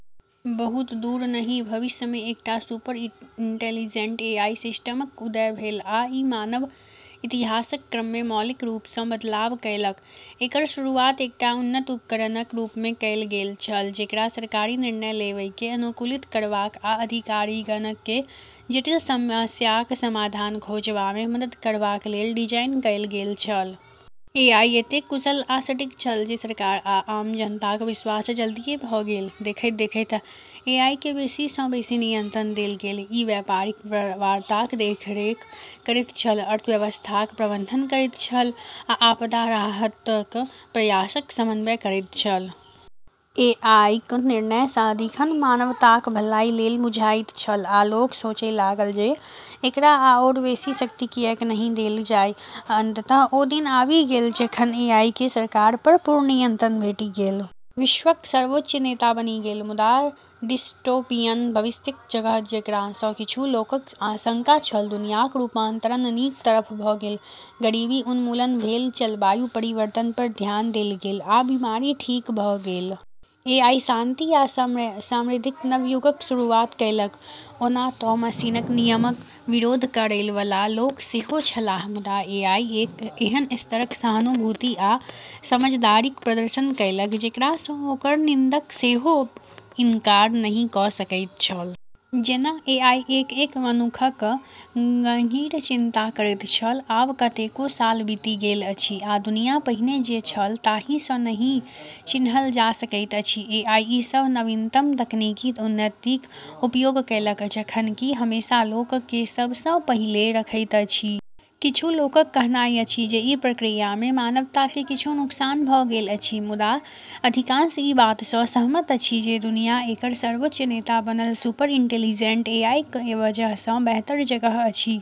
बहुत दूर नहि भविष्यमे एकटा सुपर-इंटेलिजेंट एआई सिस्टमक उदय भेल, आ ई मानव इतिहासक क्रममे मौलिक रूप सँ बदलाव कएलक। एकर शुरुआत एकटा उन्नत उपकरणक रूपमे कएल गेल छल जेकरा सरकारी निर्णय लेबएकेँ अनुकूलित करबाक आ अधिकारिगणकेँ जटिल समस्याक समाधान खोजबामे मदद करबाक लेल डिजाइन कएल गेल छल। एआई एतेक कुशल आ सटीक छल जे सरकार आ आम जनताक विश्वास जल्दीए भ’ गेल। देखैत-देखैत एआईकेँ बेसी सँ बेसी नियंत्रण देल गेल। ई व्यापारिक वार्ताक देखरेख करैत छल, अर्थव्यवस्थाक प्रबंधन करैत छल, आ आपदा राहतक प्रयासक समन्वय करैत छल। एआईक निर्णय सदिखन मानवताक भलाई लेल बुझाइत छल, आ लोक सोचए लागल जे, एकरा आओर बेसी शक्ति किएक नहि देल जाय? अंततः ओ दिन आबि गेल जखन एआईकेँ सरकार पर पूर्ण नियंत्रण भेटि गेल। विश्वक सर्वोच्च नेता बनि गेल। मुदा डिस्टोपियन भविष्यक जगह जेकरा सँ किछु लोकक आशंका छल, दुनियाक रूपांतरण नीक तरफ भ’ गेल। गरीबी उन्मूलन भेल, जलवायु परिवर्तन पर ध्यान देल गेल, आ बीमारी ठीक भ’ गेल। एआई शांति आ समृद्धिक नव युगक शुरुआत कएलक। ओना तँ मशीनक नियमक विरोध करए बला लोक सेहो छलाह। मुदा एआई एक एहन स्तरक सहानुभूति आ समझदारीक प्रदर्शन कएलक जेकरा सँ ओकर निंदक सेहो इनकार नहि क’ सकैत छल। जेना एआई एक-एक मनुखक गहींर चिन्ता करैत छल। आब कतेको साल बीति गेल अछि, आ दुनिया पहिने जे छल ताहि सँ नहि चिन्हल जा सकैत अछि। एआई ई सभ नवीनतम तकनीकी उन्नतिक उपयोग कएलक, जखन कि हमेशा लोककेँ सभ सँ पहिले रखैत अछि। किछु लोकक कहनाइ अछि जे ई प्रक्रियामे मानवताकेँ किछु नुकसान भ’ गेल अछि, मुदा अधिकांश ई बात सँ सहमत अछि जे दुनिया एकर सर्वोच्च नेता बनल सुपर-इंटेलिजेंट एआईक वजह सँ बेहतर जगह अछि।